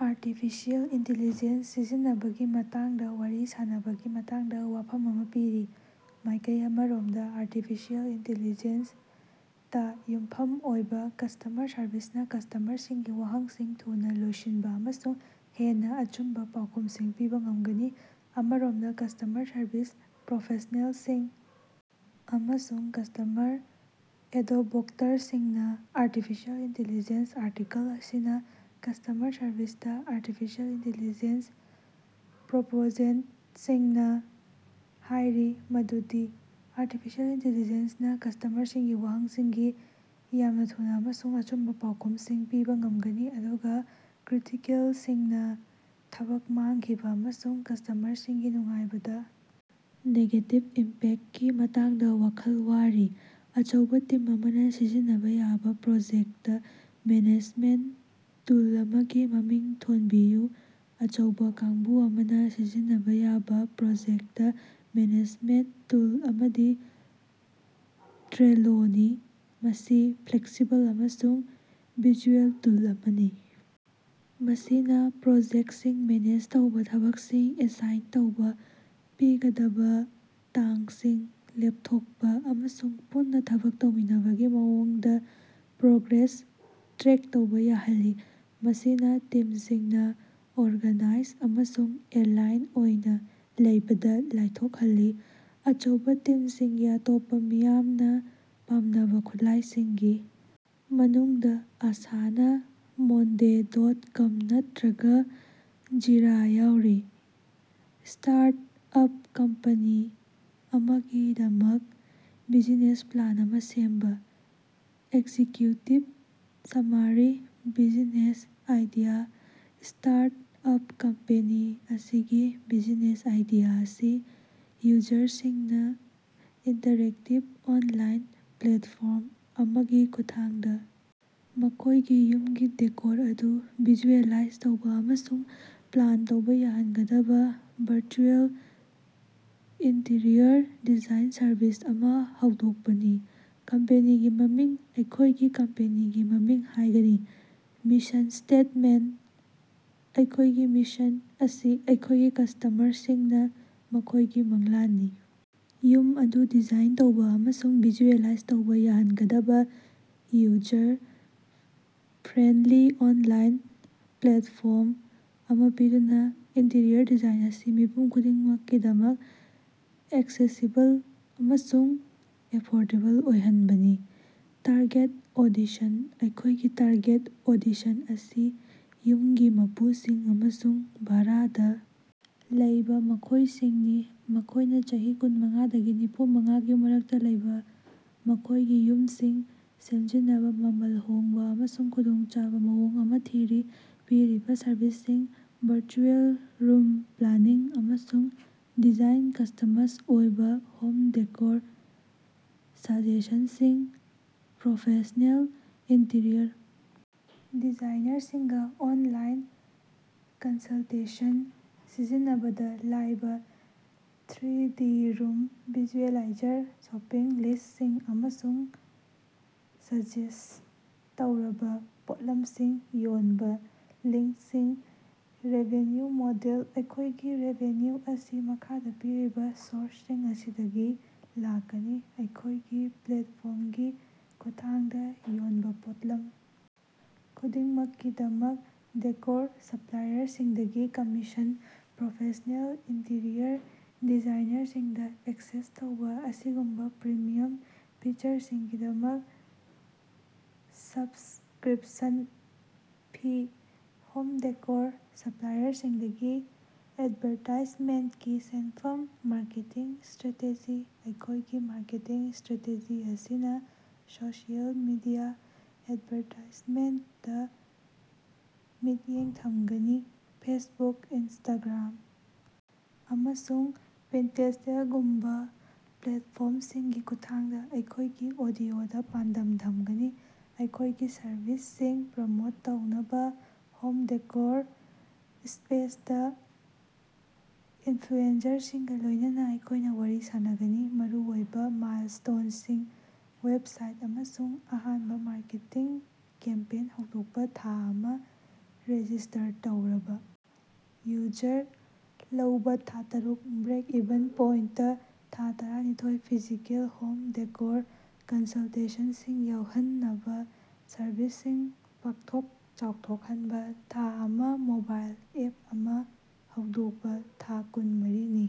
Artificial intelligence ꯁꯤꯖꯤꯟꯅꯕꯒꯤ ꯃꯇꯥꯡꯗ ꯋꯥꯔꯤ ꯁꯥꯅꯕꯒꯤ ꯃꯇꯥꯡꯗ ꯋꯥꯐꯝ ꯑꯃ ꯄꯤꯔꯤ꯫ ꯃꯥꯏꯀꯩ ꯑꯃꯔꯣꯝꯗ, ꯑꯥꯔꯇꯤꯐꯤꯁꯤꯑꯦꯜ ꯏꯟꯇꯤꯂꯤꯖꯦꯟꯁ ꯇꯥ ꯌꯨꯝꯐꯝ ꯑꯣꯏꯕ ꯀꯁ꯭ꯇꯃꯔ ꯁꯔꯕꯤꯁꯅꯥ ꯀꯁ꯭ꯇꯃꯔꯁꯤꯡꯒꯤ ꯋꯥꯍꯪꯁꯤꯡ ꯊꯨꯅ ꯂꯣꯏꯁꯤꯟꯕ ꯑꯃꯁꯨꯡ ꯍꯦꯟꯅ ꯑꯆꯨꯝꯕ ꯄꯥꯎꯈꯨꯝꯁꯤꯡ ꯄꯤꯕ ꯉꯝꯒꯅꯤ꯫ ꯑꯃꯔꯣꯝꯗ, ꯀꯁ꯭ꯇꯃꯔ ꯁꯔꯕꯤꯁ ꯄ꯭ꯔꯣꯐꯦꯁ꯭ꯅꯦꯜꯁꯤꯡ ꯑꯃꯁꯨꯡ ꯀꯁ꯭ꯇꯃꯔ ꯑꯦꯗꯣꯕꯣꯛꯇꯔꯁꯤꯡꯅ ꯑꯥꯔꯇꯤꯐꯤꯁꯤꯑꯦꯜ ꯏꯟꯇꯤꯂꯤꯖꯦꯟꯁ ꯑꯥꯔꯇꯤꯀꯜ ꯑꯁꯤꯅ ꯀꯁ꯭ꯇꯃꯔ ꯁꯔꯕꯤꯁꯇ ꯑꯥꯔꯇꯤꯐꯤꯁꯤꯑꯦꯜ ꯏꯟꯇꯤꯂꯤꯖꯦꯟꯁ ꯄ꯭ꯔꯣꯄꯣꯖꯦꯟꯇꯁꯤꯡꯅ ꯍꯥꯏꯔꯤ ꯃꯗꯨꯗꯤ ꯑꯥꯔꯇꯤꯐꯤꯁꯤꯑꯦꯜ ꯏꯟꯇꯤꯂꯤꯖꯦꯟꯁ ꯅꯥ ꯀꯁ꯭ꯇꯃꯔꯁꯤꯡꯒꯤ ꯋꯥꯍꯪꯁꯤꯡꯒꯤ ꯌꯥꯝꯅ ꯊꯨꯅ ꯑꯃꯁꯨꯡ ꯑꯆꯨꯝꯕ ꯄꯥꯎꯈꯨꯝꯁꯤꯡ ꯄꯤꯕ ꯉꯝꯒꯅꯤ, ꯑꯗꯨꯒ ꯀ꯭ꯔꯤꯇꯤꯀꯦꯜꯁꯤꯡꯅ ꯊꯕꯛ ꯃꯥꯡꯈꯤꯕ ꯑꯃꯁꯨꯡ ꯀꯁ꯭ꯇꯃꯔꯁꯤꯡꯒꯤ ꯅꯨꯡꯉꯥꯏꯕꯗ ꯅꯦꯒꯦꯇꯤꯕ ꯏꯝꯄꯦꯛꯇꯀꯤ ꯃꯇꯥꯡꯗ ꯋꯥꯈꯜ ꯋꯥꯔꯤ꯫ ꯑꯆꯧꯕ ꯇꯤꯝ ꯑꯃꯅ ꯁꯤꯖꯤꯟꯅꯕ ꯌꯥꯕ ꯄ꯭ꯔꯣꯖꯦꯛꯇ ꯃꯦꯅꯦꯖꯃꯦꯟꯇ ꯇꯨꯜ ꯑꯃꯒꯤ ꯃꯃꯤꯡ ꯊꯣꯟꯕꯤꯌꯨ꯫ ꯑꯆꯧꯕ ꯀꯥꯡꯕꯨ ꯑꯃꯅ ꯁꯤꯖꯤꯟꯅꯕ ꯌꯥꯕ ꯄ꯭ꯔꯣꯖꯦꯛꯇ ꯃꯦꯅꯦꯖꯃꯦꯟꯇ ꯇꯨꯜ ꯑꯃꯗꯤ ꯇ꯭ꯔꯦꯂꯣ ꯅꯤ꯫ ꯃꯁꯤ ꯐ꯭ꯂꯦꯛꯁꯤꯕꯜ ꯑꯃꯁꯨꯡ ꯚꯤꯖꯨꯑꯦꯜ ꯇꯨꯜ ꯑꯃꯅꯤ ꯃꯁꯤꯅ ꯄ꯭ꯔꯣꯖꯦꯛꯇꯁꯤꯡ ꯃꯦꯅꯦꯖ ꯇꯧꯕ, ꯊꯕꯛꯁꯤꯡ ꯑꯦꯁꯥꯏꯟ ꯇꯧꯕ, ꯄꯤꯒꯗꯕ ꯇꯥꯡꯁꯤꯡ ꯂꯦꯞꯊꯣꯛꯄ ꯑꯃꯁꯨꯡ ꯄꯨꯟꯅ ꯊꯕꯛ ꯇꯧꯃꯤꯟꯅꯕꯒꯤ ꯃꯑꯣꯡꯗ ꯄ꯭ꯔꯣꯒ꯭ꯔꯦꯁ ꯇ꯭ꯔꯦꯛ ꯇꯧꯕ ꯌꯥꯍꯜꯂꯤ, ꯃꯁꯤꯅ ꯇꯤꯝꯁꯤꯡꯅ ꯑꯣꯔꯒꯥꯅꯥꯏꯖ ꯑꯃꯁꯨꯡ ꯑꯦꯂꯥꯏꯟ ꯑꯣꯏꯅ ꯂꯩꯕꯗ ꯂꯥꯏꯊꯣꯛꯍꯜꯂꯤ꯫ ꯑꯆꯧꯕ ꯇꯤꯝꯁꯤꯡꯒꯤ ꯑꯇꯣꯞꯄ ꯃꯤꯌꯥꯝꯅ ꯄꯥꯝꯅꯕ ꯈꯨꯠꯂꯥꯏꯁꯤꯡꯒꯤ ꯃꯅꯨꯡꯗ ꯑꯥꯁꯥꯅꯥ, ꯃꯣꯟꯗꯦ ꯗꯣꯠ ꯀꯝ ꯅꯠꯇꯔꯒ ꯖꯤꯔꯥ ꯌꯥꯎꯔꯤ꯫ ꯁ꯭ꯇꯥꯔꯠ-ꯑꯞ ꯀꯝꯄꯦꯅꯤ ꯑꯃꯒꯤꯗꯃꯛ ꯕꯤꯖꯤꯅꯦꯁ ꯄ꯭ꯂꯥꯟ ꯑꯃ ꯁꯦꯝꯕ꯫ Executive summary - business idea - startup company ꯑꯁꯤꯒꯤ ꯕꯤꯖꯤꯅꯦꯁ ꯑꯥꯏꯗꯤꯌꯥ ꯑꯁꯤ ꯌꯨꯖꯔꯁꯤꯡꯅ ꯏꯟꯇꯔꯦꯛꯇꯤꯕ ꯑꯣꯟꯂꯥꯏꯟ ꯄ꯭ꯂꯦꯠꯐꯣꯔꯝ ꯑꯃꯒꯤ ꯈꯨꯠꯊꯥꯡꯗ ꯃꯈꯣꯏꯒꯤ ꯌꯨꯝꯒꯤ ꯗꯦꯀꯣꯔ ꯑꯗꯨ ꯚꯤꯖꯨꯑꯦꯂꯥꯏꯖ ꯇꯧꯕ ꯑꯃꯁꯨꯡ ꯄ꯭ꯂꯥꯟ ꯇꯧꯕ ꯌꯥꯍꯟꯒꯗꯕ ꯚꯔꯆꯨꯑꯦꯜ ꯏꯟꯇꯤꯔꯤꯌꯔ ꯗꯤꯖꯥꯏꯟ ꯁꯔꯚꯤꯁ ꯑꯃ ꯍꯧꯗꯣꯛꯄꯅꯤ꯫ ꯀꯝꯄꯦꯅꯤꯒꯤ ꯃꯃꯤꯡ - ꯑꯩꯈꯣꯏꯒꯤ ꯀꯝꯄꯦꯅꯤꯒꯤ ꯃꯃꯤꯡ ꯍꯥꯏꯒꯅꯤ꯫ ꯃꯤꯁꯟ ꯁ꯭ꯇꯦꯠꯃꯦꯟꯇ - ꯑꯩꯈꯣꯏꯒꯤ ꯃꯤꯁꯟ ꯑꯁꯤ ꯑꯩꯈꯣꯏꯒꯤ ꯀꯁ꯭ꯇꯃꯔꯁꯤꯡꯅ ꯃꯈꯣꯏꯒꯤ ꯃꯪꯂꯥꯟꯒꯤ ꯌꯨꯝ ꯑꯗꯨ ꯗꯤꯖꯥꯏꯟ ꯇꯧꯕ ꯑꯃꯁꯨꯡ ꯚꯤꯖꯨꯑꯦꯂꯥꯏꯖ ꯇꯧꯕ ꯌꯥꯍꯟꯒꯗꯕ ꯌꯨꯖꯔ-ꯐ꯭ꯔꯦꯟꯗꯂꯤ ꯑꯣꯟꯂꯥꯏꯟ ꯄ꯭ꯂꯦꯠꯐꯣꯔꯝ ꯑꯃ ꯄꯤꯗꯨꯅ, ꯏꯟꯇꯤꯔꯤꯌꯔ ꯗꯤꯖꯥꯏꯟ ꯑꯁꯤ ꯃꯤꯄꯨꯝ ꯈꯨꯗꯤꯡꯃꯛꯀꯤꯗꯃꯛ ꯑꯦꯛꯁꯦꯁꯤꯕꯜ ꯑꯃꯁꯨꯡ ꯑꯦꯐꯣꯔꯗꯦꯕꯜ ꯑꯣꯏꯍꯟꯕꯅꯤ꯫ ꯇꯥꯔꯒꯦꯠ ꯑꯣꯗꯤꯁꯟ - ꯑꯩꯈꯦꯏꯒꯤ ꯇꯥꯔꯒꯦꯠ ꯑꯣꯗꯤꯁꯟ ꯑꯁꯤ ꯌꯨꯝꯒꯤ ꯃꯄꯨꯁꯤꯡ ꯑꯃꯁꯨꯡ ꯚꯥꯔꯥꯗ ꯂꯩꯕ ꯃꯤꯑꯣꯏꯁꯤꯡꯅꯤ, ꯃꯈꯣꯏꯅ ꯆꯍꯤ ꯀꯨꯟꯃꯉꯥꯥꯗꯒꯤ ꯅꯤꯐꯨꯃꯉꯥꯒꯤ ꯃꯔꯛꯇ ꯂꯩꯕ, ꯃꯈꯣꯏꯒꯤ ꯌꯨꯝꯁꯤꯡ ꯁꯦꯝꯖꯤꯟꯅꯕꯥ ꯃꯃꯜ ꯍꯣꯡꯕ ꯑꯃꯁꯨꯡ ꯈꯨꯗꯣꯡꯆꯥꯕ ꯃꯑꯣꯡ ꯑꯃ ꯊꯤꯔꯤ꯫ ꯄꯤꯔꯤꯕ ꯁꯔꯚꯤꯁꯁꯤꯡ - ꯚꯔꯆꯨꯑꯦꯜ ꯔꯨꯝ ꯄ꯭ꯂꯥꯅꯤꯡ ꯑꯃꯁꯨꯡ ꯗꯤꯖꯥꯏꯟ ꯀꯁ꯭ꯇꯃꯁ ꯑꯣꯏꯕ ꯍꯣꯝ ꯗꯦꯀꯣꯔ ꯁꯥꯖꯦꯁꯟꯁꯤꯡ ꯄ꯭ꯔꯣꯐꯦꯁ꯭ꯅꯦꯜ ꯏꯟꯇꯤꯔꯤꯌꯔ ꯗꯤꯖꯥꯏꯅꯔꯁꯤꯡꯒ ꯑꯣꯟꯂꯥꯏꯟ ꯀꯟꯁꯜꯇꯦꯁꯟ ꯁꯤꯖꯤꯟꯅꯕꯗꯥ live three D room visualiser shopping ꯂꯤꯁ꯭ꯠꯁꯤꯡ ꯑꯃꯁꯨꯡ ꯁꯖꯦꯁ꯭ꯠ ꯇꯧꯔꯕ ꯄꯣꯠꯂꯝꯁꯤꯡ ꯌꯣꯟꯕ ꯂꯤꯡ꯭ꯀꯁꯤꯡ ꯔꯦꯚꯤꯅ꯭ꯌꯨ ꯃꯣꯗꯦꯜ - ꯑꯩꯈꯣꯏꯒꯤ ꯔꯦꯚꯤꯅ꯭ꯌꯨ ꯑꯁꯤ ꯃꯈꯥꯗ ꯄꯤꯔꯤꯕ ꯁꯣꯔꯁꯁꯤꯡ ꯑꯁꯤꯗꯒꯤ ꯂꯥꯛꯀꯅꯤ꯫ ꯑꯩꯈꯣꯏꯒꯤ ꯄ꯭ꯂꯦꯠꯐꯣꯔꯝꯒꯤ ꯈꯨꯠꯊꯥꯡꯗ ꯌꯣꯟꯕ ꯄꯣꯠꯂꯝ ꯈꯨꯗꯤꯡꯃꯛꯀꯤꯗꯃꯛ ꯗꯦꯀꯣꯔ ꯁꯄ꯭ꯂꯥꯏꯌꯔꯁꯤꯡꯗꯒꯤ ꯀꯝꯃꯤꯁꯟ, ꯄ꯭ꯔꯣꯐꯦꯁ꯭ꯅꯦꯜ ꯏꯟꯇꯤꯔꯤꯌꯔ ꯗꯤꯖꯥꯏꯅꯔꯁꯤꯡꯗ ꯑꯦꯛꯁꯦꯁ ꯇꯧꯕ ꯑꯁꯤꯒꯨꯝꯕ ꯄ꯭ꯔꯤꯃꯤꯌꯝ ꯐꯤꯆꯔꯁꯤꯡꯒꯤꯗꯃꯛ ꯁꯕꯁꯀ꯭ꯔꯤꯞꯁꯟ ꯐꯤ, ꯍꯣꯝ ꯗꯦꯀꯣꯔ ꯁꯄ꯭ꯂꯥꯏꯌꯔꯁꯤꯡꯗꯒꯤ ꯑꯦꯗꯚꯥꯔꯇꯥꯏꯖꯃꯦꯟꯇꯀꯤ ꯁꯦꯟꯐꯝ꯫ ꯃꯥꯔꯀꯦꯇꯤꯡ ꯁ꯭ꯇꯔꯦꯇꯦꯖꯤ - ꯑꯩꯈꯣꯏꯒꯤ ꯃꯥꯔꯀꯦꯇꯤꯡ ꯁ꯭ꯇꯔꯦꯇꯦꯖꯤ ꯑꯁꯤꯅ ꯁꯣꯁꯤꯑꯦꯜ ꯃꯤꯗꯤꯌꯥ ꯑꯦꯗꯚꯥꯔꯇꯥꯏꯖꯃꯦꯟꯇꯇꯥ ꯃꯤꯠꯌꯦꯡ ꯊꯝꯒꯅꯤ, ꯐꯦꯁꯕꯨꯛ, ꯏꯟꯁꯇꯥꯒ꯭ꯔꯥꯝ, ꯑꯃꯁꯨꯡ ꯄꯤꯟꯇꯦꯁ꯭ꯇꯒꯨꯝꯕ ꯄ꯭ꯂꯦꯠꯐꯣꯔ꯭ꯝꯁꯤꯡꯒꯤ ꯈꯨꯠꯊꯥꯡꯗ ꯑꯩꯈꯣꯏꯒꯤ ꯑꯣꯗꯤꯑꯣꯗ ꯄꯥꯟꯗꯝ ꯊꯝꯒꯅꯤ꯫ ꯑꯩꯈꯣꯏꯒꯤ ꯁꯔꯕꯤꯁꯁꯤꯡ ꯄ꯭ꯔꯃꯣꯠ ꯇꯧꯅꯕ ꯍꯣꯝ ꯗꯦꯀꯣꯔ ꯁ꯭ꯄꯦꯁꯇꯥ ꯏꯟꯐ꯭ꯂꯨꯑꯦꯟꯖꯔꯁꯤꯡꯒ ꯂꯣꯏꯅꯅ ꯑꯩꯈꯣꯏꯅ ꯋꯥꯔꯤ ꯁꯥꯅꯒꯅꯤ꯫ ꯃꯔꯨꯑꯣꯏꯕ ꯃꯥꯏꯜꯁ꯭ꯇꯣꯟꯁꯤꯡ: ꯋꯦꯕꯁꯥꯏꯠ ꯑꯃꯁꯨꯡ ꯑꯍꯥꯟꯕ ꯃꯥꯔꯀꯦꯇꯤꯡ ꯀꯦꯝꯄꯦꯟ ꯍꯧꯗꯣꯛꯄ ꯊꯥ ꯑꯃ, ꯔꯦꯖꯤꯁ꯭ꯇꯔ ꯇꯧꯔꯕꯥ ꯌꯨꯖꯔ ꯂꯧꯕ ꯊꯥ ꯇꯔꯨꯛ, ꯕ꯭ꯔꯦꯛ-ꯏꯚꯟ ꯄꯣꯏꯟꯇ ꯊꯥ ꯇꯔꯥꯅꯤꯊꯣꯏ, ꯐꯤꯖꯤꯀꯦꯜ ꯍꯣꯝ ꯗꯦꯀꯣꯔ ꯀꯟꯁꯜꯇꯦꯁꯟꯁꯤꯡ ꯌꯥꯎꯍꯟꯅꯕ ꯁꯔꯚꯤꯁꯁꯤꯡ ꯄꯥꯛꯊꯣꯛ-ꯆꯥꯎꯊꯣꯛꯍꯟꯕ ꯊꯥ ꯑꯃ, ꯃꯣꯕꯥꯏꯜ ꯑꯦꯞ ꯑꯃ ꯍꯧꯗꯣꯛꯄ ꯊꯥ ꯀꯨꯟꯃꯔꯤ ꯅꯤ꯫